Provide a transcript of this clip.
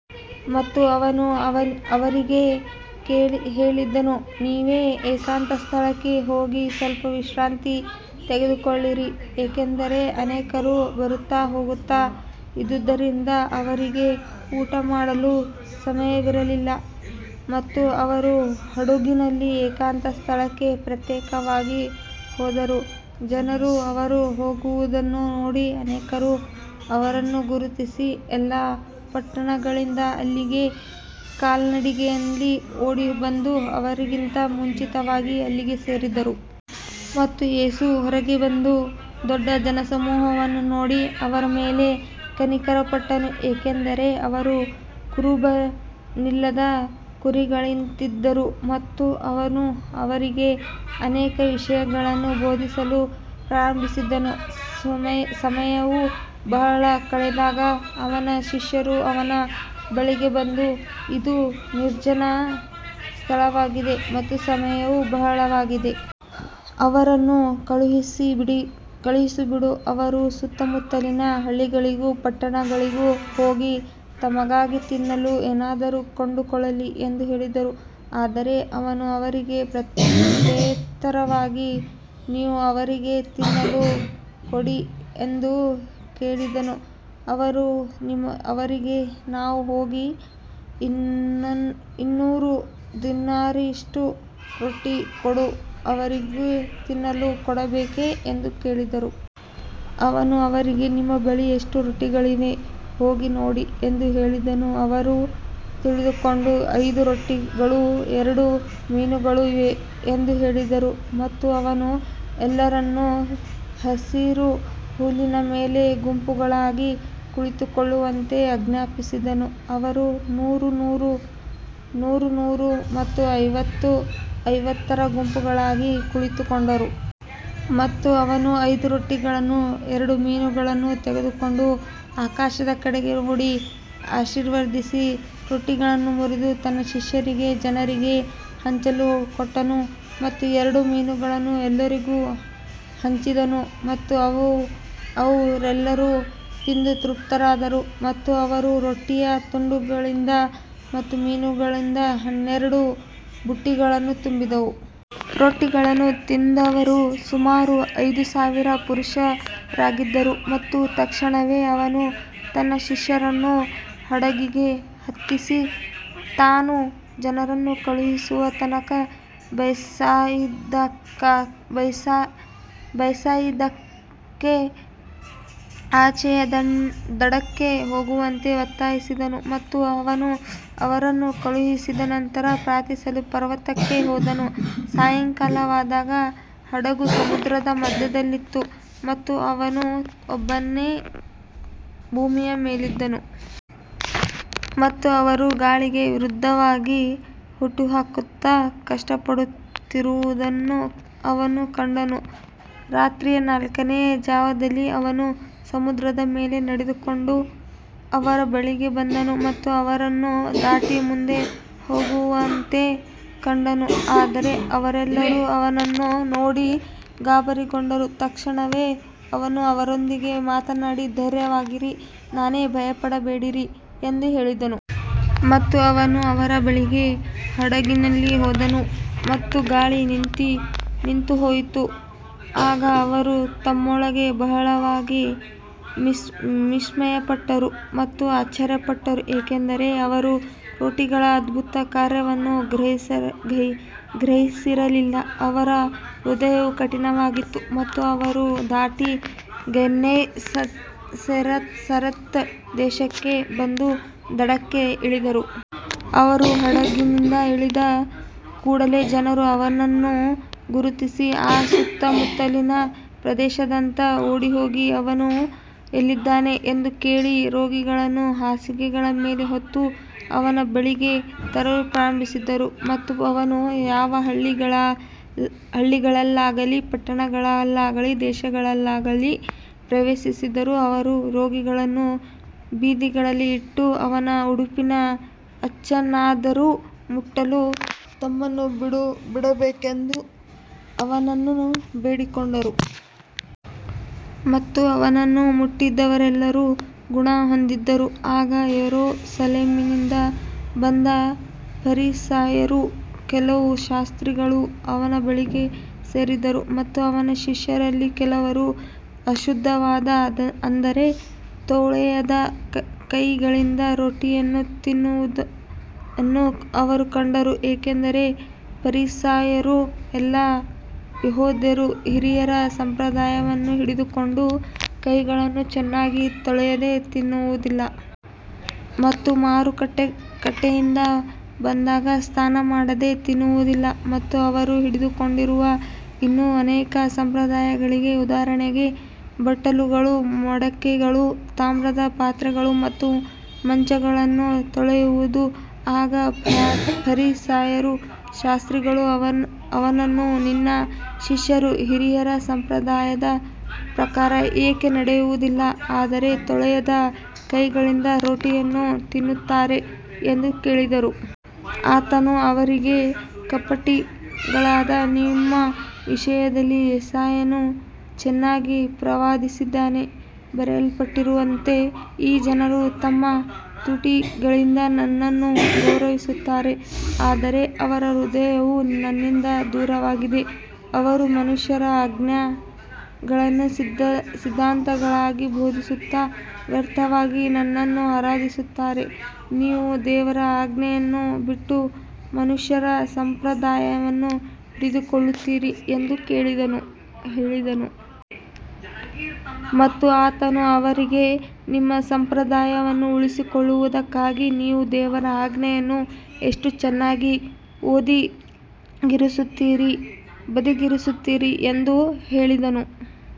ಮತ್ತು ಅವನು ಅವರಿಗೆ ಹೇಳಿದನು, ನೀವೇ ಏಕಾಂತ ಸ್ಥಳಕ್ಕೆ ಹೋಗಿ ಸ್ವಲ್ಪ ವಿಶ್ರಾಂತಿ ತೆಗೆದುಕೊಳ್ಳಿರಿ, ಏಕೆಂದರೆ ಅನೇಕರು ಬರುತ್ತಾ ಹೋಗುತ್ತಾ ಇದ್ದುದರಿಂದ ಅವರಿಗೆ ಊಟಮಾಡಲೂ ಸಮಯವಿರಲಿಲ್ಲ. ಮತ್ತು ಅವರು ಹಡಗಿನಲ್ಲಿ ಏಕಾಂತ ಸ್ಥಳಕ್ಕೆ ಪ್ರತ್ಯೇಕವಾಗಿ ಹೋದರು. ಜನರು ಅವರು ಹೋಗುವುದನ್ನು ನೋಡಿ ಅನೇಕರು ಅವರನ್ನು ಗುರುತಿಸಿ, ಎಲ್ಲಾ ಪಟ್ಟಣಗಳಿಂದ ಅಲ್ಲಿಗೆ ಕಾಲ್ನಡಿಗೆಯಲ್ಲಿ ಓಡಿಬಂದು ಅವರಿಗಿಂತ ಮುಂಚಿತವಾಗಿ ಅಲ್ಲಿಗೆ ಸೇರಿದರು. ಮತ್ತು ಯೇಸು ಹೊರಗೆ ಬಂದು ದೊಡ್ಡ ಜನಸಮೂಹವನ್ನು ನೋಡಿ ಅವರ ಮೇಲೆ ಕನಿಕರಪಟ್ಟನು, ಏಕೆಂದರೆ ಅವರು ಕುರುಬನಿಲ್ಲದ ಕುರಿಗಳಂತಿದ್ದರು. ಮತ್ತು ಅವನು ಅವರಿಗೆ ಅನೇಕ ವಿಷಯಗಳನ್ನು ಬೋಧಿಸಲು ಪ್ರಾರಂಭಿಸಿದನು. ಸಮಯವು ಬಹಳ ಕಳೆದಾಗ ಅವನ ಶಿಷ್ಯರು ಅವನ ಬಳಿಗೆ ಬಂದು, ಇದು ನಿರ್ಜನ ಸ್ಥಳವಾಗಿದೆ ಮತ್ತು ಸಮಯವೂ ಬಹಳವಾಗಿದೆ. ಅವರನ್ನು ಕಳುಹಿಸಿಬಿಡು, ಅವರು ಸುತ್ತಮುತ್ತಲಿನ ಹಳ್ಳಿಗಳಿಗೂ ಪಟ್ಟಣಗಳಿಗೂ ಹೋಗಿ ತಮಗಾಗಿ ತಿನ್ನಲು ಏನಾದರೂ ಕೊಂಡುಕೊಳ್ಳಲಿ ಎಂದು ಹೇಳಿದರು. ಆದರೆ ಅವನು ಅವರಿಗೆ ಪ್ರತ್ಯುತ್ತರವಾಗಿ, ನೀವು ಅವರಿಗೆ ತಿನ್ನಲು ಕೊಡಿ ಎಂದು ಹೇಳಿದನು. ಅವರು ಅವನಿಗೆ, ನಾವು ಹೋಗಿ ಇನ್ನೂರು ದಿನಾರಿಯಷ್ಟು ರೊಟ್ಟಿ ಕೊಂಡು ಅವರಿಗೆ ತಿನ್ನಲು ಕೊಡಬೇಕೇ ಎಂದು ಹೇಳಿದರು. ಅವನು ಅವರಿಗೆ, ನಿಮ್ಮ ಬಳಿ ಎಷ್ಟು ರೊಟ್ಟಿಗಳಿವೆ, ಹೋಗಿ ನೋಡಿ ಎಂದು ಹೇಳಿದನು. ಅವರು ತಿಳಿದುಕೊಂಡು, ಐದು ರೊಟ್ಟಿಗಳೂ ಎರಡು ಮೀನುಗಳೂ ಇವೆ ಎಂದು ಹೇಳಿದರು. ಮತ್ತು ಅವನು ಎಲ್ಲರನ್ನೂ ಹಸಿರು ಹುಲ್ಲಿನ ಮೇಲೆ ಗುಂಪುಗಳಾಗಿ ಕುಳಿತುಕೊಳ್ಳುವಂತೆ ಆಜ್ಞಾಪಿಸಿದನು. ಅವರು ನೂರು ನೂರು ಮತ್ತು ಐವತ್ತು ಐವತ್ತರ ಗುಂಪುಗಳಾಗಿ ಕುಳಿತುಕೊಂಡರು. ಮತ್ತು ಅವನು ಐದು ರೊಟ್ಟಿಗಳನ್ನೂ ಎರಡು ಮೀನುಗಳನ್ನೂ ತೆಗೆದುಕೊಂಡು ಆಕಾಶದ ಕಡೆಗೆ ನೋಡಿ ಆಶೀರ್ವದಿಸಿ ರೊಟ್ಟಿಗಳನ್ನು ಮುರಿದು ತನ್ನ ಶಿಷ್ಯರಿಗೆ ಜನರಿಗೆ ಹಂಚಲು ಕೊಟ್ಟನು. ಮತ್ತು ಎರಡು ಮೀನುಗಳನ್ನೂ ಎಲ್ಲರಿಗೂ ಹಂಚಿದನು. ಮತ್ತು ಅವರೆಲ್ಲರೂ ತಿಂದು ತೃಪ್ತರಾದರು. ಮತ್ತು ಅವರು ರೊಟ್ಟಿಯ ತುಂಡುಗಳಿಂದ ಮತ್ತು ಮೀನುಗಳಿಂದ ಹನ್ನೆರಡು ಬುಟ್ಟಿಗಳನ್ನು ತುಂಬಿದರು. ರೊಟ್ಟಿಗಳನ್ನು ತಿಂದವರು ಸುಮಾರು ಐದು ಸಾವಿರ ಪುರುಷರಾಗಿದ್ದರು. ಮತ್ತು ತಕ್ಷಣವೇ ಅವನು ತನ್ನ ಶಿಷ್ಯರನ್ನು ಹಡಗಿಗೆ ಹತ್ತಿಸಿ, ತಾನು ಜನರನ್ನು ಕಳುಹಿಸುವ ತನಕ ಬೇತ್ಸಾಯಿದಾಕ್ಕೆ ಆಚೆಯ ದಡಕ್ಕೆ ಹೋಗುವಂತೆ ಒತ್ತಾಯಿಸಿದನು. ಮತ್ತು ಅವನು ಅವರನ್ನು ಕಳುಹಿಸಿದ ನಂತರ ಪ್ರಾರ್ಥಿಸಲು ಪರ್ವತಕ್ಕೆ ಹೋದನು. ಸಾಯಂಕಾಲವಾದಾಗ ಹಡಗು ಸಮುದ್ರದ ಮಧ್ಯದಲ್ಲಿತ್ತು ಮತ್ತು ಅವನು ಒಬ್ಬನೇ ಭೂಮಿಯ ಮೇಲಿದ್ದನು. ಮತ್ತು ಅವರು ಗಾಳಿಗೆ ವಿರುದ್ಧವಾಗಿ ಹುಟ್ಟುಹಾಕುತ್ತಾ ಕಷ್ಟಪಡುತ್ತಿರುವುದನ್ನು ಅವನು ಕಂಡನು. ರಾತ್ರಿಯ ನಾಲ್ಕನೆಯ ಜಾವದಲ್ಲಿ ಅವನು ಸಮುದ್ರದ ಮೇಲೆ ನಡೆದುಕೊಂಡು ಅವರ ಬಳಿಗೆ ಬಂದನು ಮತ್ತು ಅವರನ್ನು ದಾಟಿ ಮುಂದೆ ಹೋಗುವವನಂತೆ ಕಂಡನು. ಆದರೆ ಅವರೆಲ್ಲರೂ ಅವನನ್ನು ನೋಡಿ ಗಾಬರಿಗೊಂಡರು. ತಕ್ಷಣವೇ ಅವನು ಅವರೊಂದಿಗೆ ಮಾತನಾಡಿ, ಧೈರ್ಯವಾಗಿರಿ, ನಾನೇ, ಭಯಪಡಬೇಡಿರಿ ಎಂದು ಹೇಳಿದನು. ಮತ್ತು ಅವನು ಅವರ ಬಳಿಗೆ ಹಡಗಿನಲ್ಲಿ ಹೋದನು ಮತ್ತು ಗಾಳಿ ನಿಂತುಹೋಯಿತು. ಆಗ ಅವರು ತಮ್ಮೊಳಗೆ ಬಹಳವಾಗಿ ವಿಸ್ಮಯಪಟ್ಟರು ಮತ್ತು ಆಶ್ಚರ್ಯಪಟ್ಟರು. ಏಕೆಂದರೆ ಅವರು ರೊಟ್ಟಿಗಳ ಅದ್ಭುತ ಕಾರ್ಯವನ್ನು ಗ್ರಹಿಸಿರಲಿಲ್ಲ, ಅವರ ಹೃದಯವು ಕಠಿಣವಾಗಿತ್ತು. ಮತ್ತು ಅವರು ದಾಟಿ ಗೆನ್ನೆಸರೆತ್ ದೇಶಕ್ಕೆ ಬಂದು ದಡಕ್ಕೆ ಇಳಿದರು. ಅವರು ಹಡಗಿನಿಂದ ಇಳಿದ ಕೂಡಲೆ ಜನರು ಅವನನ್ನು ಗುರುತಿಸಿ ಆ ಸುತ್ತಮುತ್ತಲಿನ ಪ್ರದೇಶದಾದ್ಯಂತ ಓಡಿಹೋಗಿ, ಅವನು ಎಲ್ಲಿದ್ದಾನೆ ಎಂದು ಕೇಳಿ, ರೋಗಿಗಳನ್ನು ಹಾಸಿಗೆಗಳ ಮೇಲೆ ಹೊತ್ತು ಅವನ ಬಳಿಗೆ ತರಲು ಪ್ರಾರಂಭಿಸಿದರು. ಮತ್ತು ಅವನು ಯಾವ ಹಳ್ಳಿಗಳಲ್ಲಾಗಲಿ ಪಟ್ಟಣಗಳಲ್ಲಾಗಲಿ ದೇಶದಲ್ಲಾಗಲಿ ಪ್ರವೇಶಿಸಿದರೂ, ಅವರು ರೋಗಿಗಳನ್ನು ಬೀದಿಗಳಲ್ಲಿ ಇಟ್ಟು, ಅವನ ಉಡುಪಿನ ಅಂಚನ್ನಾದರೂ ಮುಟ್ಟಲು ತಮ್ಮನ್ನು ಬಿಡಬೇಕೆಂದು ಅವನನ್ನು ಬೇಡಿಕೊಂಡರು. ಮತ್ತು ಅವನನ್ನು ಮುಟ್ಟಿದವರೆಲ್ಲರೂ ಗುಣಹೊಂದಿದರು. ಆಗ ಯೆರೂಸಲೇಮಿನಿಂದ ಬಂದ ಫರಿಸಾಯರೂ ಕೆಲವು ಶಾಸ್ತ್ರಿಗಳೂ ಅವನ ಬಳಿಗೆ ಸೇರಿದರು. ಮತ್ತು ಅವನ ಶಿಷ್ಯರಲ್ಲಿ ಕೆಲವರು ಅಶುದ್ಧವಾದ, ಅಂದರೆ ತೊಳೆಯದ ಕೈಗಳಿಂದ ರೊಟ್ಟಿಯನ್ನು ತಿನ್ನುವುದನ್ನು ಅವರು ಕಂಡರು. ಏಕೆಂದರೆ ಫರಿಸಾಯರೂ ಎಲ್ಲಾ ಯೆಹೂದ್ಯರೂ ಹಿರಿಯರ ಸಂಪ್ರದಾಯವನ್ನು ಹಿಡಿದುಕೊಂಡು, ಕೈಗಳನ್ನು ಚೆನ್ನಾಗಿ ತೊಳೆಯದೆ ತಿನ್ನುವುದಿಲ್ಲ. ಮತ್ತು ಮಾರುಕಟ್ಟೆಯಿಂದ ಬಂದಾಗ ಸ್ನಾನಮಾಡದೆ ತಿನ್ನುವುದಿಲ್ಲ. ಮತ್ತು ಅವರು ಹಿಡಿದುಕೊಂಡಿರುವ ಇನ್ನೂ ಅನೇಕ ಸಂಪ್ರದಾಯಗಳಿವೆ, ಉದಾಹರಣೆಗೆ ಬಟ್ಟಲುಗಳು, ಮಡಕೆಗಳು, ತಾಮ್ರದ ಪಾತ್ರೆಗಳು ಮತ್ತು ಮಂಚಗಳನ್ನು ತೊಳೆಯುವುದು. ಆಗ ಫರಿಸಾಯರೂ ಶಾಸ್ತ್ರಿಗಳೂ ಅವನನ್ನು, ನಿನ್ನ ಶಿಷ್ಯರು ಹಿರಿಯರ ಸಂಪ್ರದಾಯದ ಪ್ರಕಾರ ಏಕೆ ನಡೆಯುವುದಿಲ್ಲ, ಆದರೆ ತೊಳೆಯದ ಕೈಗಳಿಂದ ರೊಟ್ಟಿಯನ್ನು ತಿನ್ನುತ್ತಾರೆ ಎಂದು ಕೇಳಿದರು. ಆತನು ಅವರಿಗೆ, ಕಪಟಿಗಳಾದ ನಿಮ್ಮ ವಿಷಯದಲ್ಲಿ ಯೆಶಾಯನು ಚೆನ್ನಾಗಿ ಪ್ರವಾದಿಸಿದ್ದಾನೆ. ಬರೆಯಲ್ಪಟ್ಟಿರುವಂತೆ, ಈ ಜನರು ತಮ್ಮ ತುಟಿಗಳಿಂದ ನನ್ನನ್ನು ಗೌರವಿಸುತ್ತಾರೆ, ಆದರೆ ಅವರ ಹೃದಯವು ನನ್ನಿಂದ ದೂರವಾಗಿದೆ. ಅವರು ಮನುಷ್ಯರ ಆಜ್ಞೆಗಳನ್ನು ಸಿದ್ಧಾಂತಗಳಾಗಿ ಬೋಧಿಸುತ್ತಾ ವ್ಯರ್ಥವಾಗಿ ನನ್ನನ್ನು ಆರಾಧಿಸುತ್ತಾರೆ. ನೀವು ದೇವರ ಆಜ್ಞೆಯನ್ನು ಬಿಟ್ಟು ಮನುಷ್ಯರ ಸಂಪ್ರದಾಯವನ್ನು ಹಿಡಿದುಕೊಳ್ಳುತ್ತೀರಿ ಎಂದು ಹೇಳಿದನು. ಮತ್ತು ಆತನು ಅವರಿಗೆ, ನಿಮ್ಮ ಸಂಪ್ರದಾಯವನ್ನು ಉಳಿಸಿಕೊಳ್ಳುವುದಕ್ಕಾಗಿ ನೀವು ದೇವರ ಆಜ್ಞೆಯನ್ನು ಎಷ್ಟು ಚೆನ್ನಾಗಿ ಬದಿಗಿರಿಸುತ್ತೀರಿ ಎಂದು ಹೇಳಿದನು.